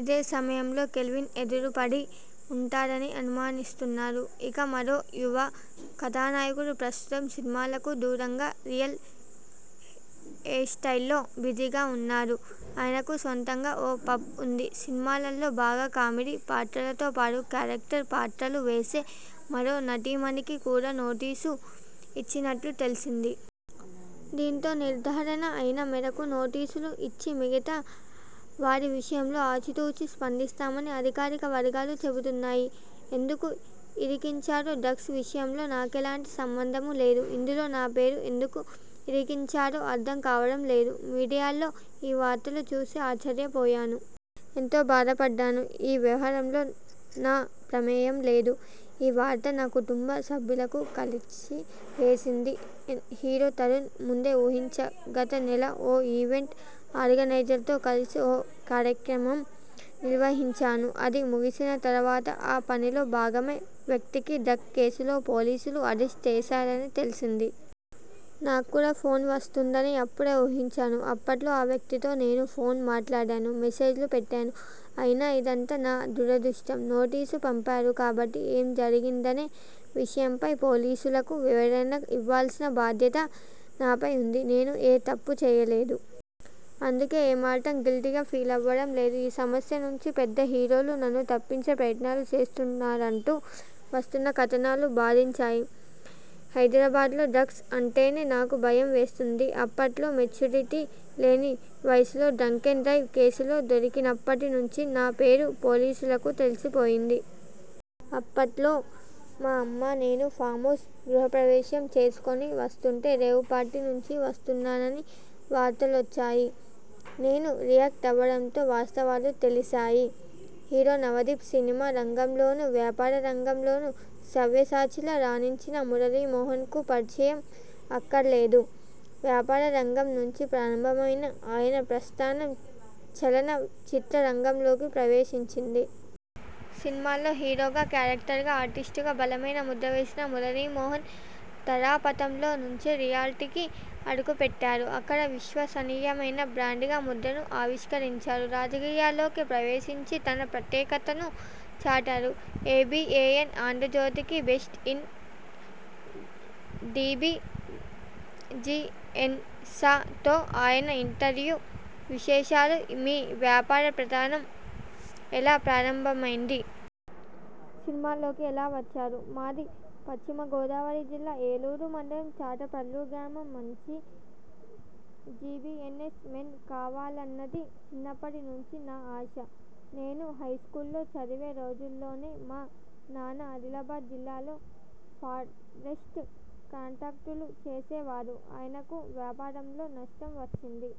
ఇదే సమయంలో కెల్విన్ ఎదురుపడి ఉంటారని అనుమానిస్తున్నారు. ఇక, మరో యువ కథానాయకుడు ప్రస్తుతం సినిమాలకు దూరంగా, రియల్ ఎస్టేట్లో బిజీగా ఉన్నారు. ఆయనకు సొంతంగా ఓ పబ్ ఉంది. సినిమాల్లో బాగా కామెడీ పాత్రలతోపాటు క్యారెక్టర్ పాత్ర లు వేసే మరో నటీమణికి కూడా నోటీసులు ఇచ్చినట్లు తెలిసింది. దీంతో నిర్ధారణ అయిన మేరకు నోటీసులు ఇచ్చి, మిగతా వారి విషయంలో ఆచితూచి స్పందిస్తామని అధికార వర్గాలు చెబుతున్నాయి. ఎందుకు ఇరికించారో? ''డ్రగ్స్ విషయంలో నాకెలంటి సంబంధమూ లేదు. ఇందులో నా పేరు ఎందుకు ఇరికించారో అర్థం కావడం లేదు. మీడియాలో ఈ వార్తను చూసి ఆశ్చర్యపోయాను. ఎంతో బాధపడ్డాను. ఈ వ్యవహారంలో నా ప్రమేయం లేదు. ఈ వార్త నా కుటుంబ సభ్యులనూ కలిచివేసింది'' హీరో తరుణ్ ముందే ఊహించా ''గత నెల ఓ ఈవెంట్ ఆర్గనైజర్తో కలిసి ఓ కార్యక్రమం నిర్వహించాను. అది ముగిసిన తర్వాత ఆ పనిలో భాగమైన వ్యక్తిని డ్రగ్స్ కేసులో పోలీసులు అరెస్ట్ చేశారని తెలిసింది. నాక్కూడా ఫోన్ వస్తుందని అప్పుడే ఊహించాను. అప్పట్లో ఆ వ్యక్తితో నేను ఫోన్లో మాట్లాడాను. మెసేజ్లూ పెట్టాను అయినా ఇదంతా నా దురదృష్టం. నోటీసు పంపారు కాబట్టి ఏం జరిగిందనే విషయంపై పోలీసులకు వివరణ ఇవ్వాల్సిన బాధ్యత నాపై ఉంది. నేను ఏ తప్పూ చేయలేదు. అందుకే ఏమాత్రం గిల్టీగా ఫీలవ్వడం లేదు. ఈ సమస్య నుంచి పెద్ద హీరోలు నన్ను తప్పించే ప్రయత్నాలు చేస్తున్నారంటూ వస్తున్న కథనాలు బాధించాయి. హైదరాబాద్లో డ్రగ్స్ అంటేనే నాకు భయం వేస్తోంది. అప్పట్లో మెచ్యూరిటీ లేని వయసులో డ్రంకెన్ డ్రైవ్ కేసులో దొరికినప్పటి నుంచి నా పేరు పోలీసులకు తెలిసిపోయింది. అప్పట్లో మా అమ్మ, నేను మా ఫామ్హౌస్ గృహ ప్రవేశం చేసుకొని వస్తుంటే రేవ్ పార్టీ నుంచి వస్తున్నానని వార్తొలొచ్చాయి. నేను రియాక్ట్ అవ్వడంతో వాస్తవాలు తెలిశాయి'' హీరో నవదీప్। సినిమా రంగంలోనూ, వ్యాపార రంగంలోనూ సవ్యసాచిలా రాణించిన మురళీమోహన్కు పరిచయం అక్కరలేదు. వ్యాపార రంగం నుంచి ప్రారంభమైన ఆయన ప్రస్థానం చలన చిత్ర రంగంలోకి ప్రవేశించింది. సినిమాల్లో హీరోగా, క్యారెక్టర్ ఆర్టి్స్టగా బలమైన ముద్రవేసిన మురళీమోహన్ తారాపథంలో నుంచే రియల్టీకి అడుగుపెట్టారు. అక్కడా విశ్వసనీయమైన బ్రాండ్గా ముద్రను ఆవిష్కరించారు. రాజకీయాల్లోకి ప్రవేశించి తన ప్రత్యేకతను చాటారు. ఎబిఎన్ ఆంధ్రజ్యోతి 'బెస్ట్ ఇన్ దిబిజినె్స'తో ఆయన ఇంటర్వ్యూ విశేషాలు మీ వ్యాపార ప్రస్థానం ఎలా ప్రారంభమైంది? సినిమాల్లోకి ఎలా వచ్చారు? మాది పశ్చిమ గోదావరి జిల్లా ఏలూరు మండలం చాటపర్రు గ్రామం. మంచి బిజినెస్ మెన్ కావాలన్నది చిన్నప్పటి నుంచి నా ఆశ. నేను హైస్కూళ్లో చదివే రోజుల్లోనే మా నాన్న అదిలాబాద్ జిల్లాలో ఫారెస్ట్ కాంట్రాక్టులు చేసే వారు. ఆయనకు వ్యాపారంలో నష్టం వచ్చింది.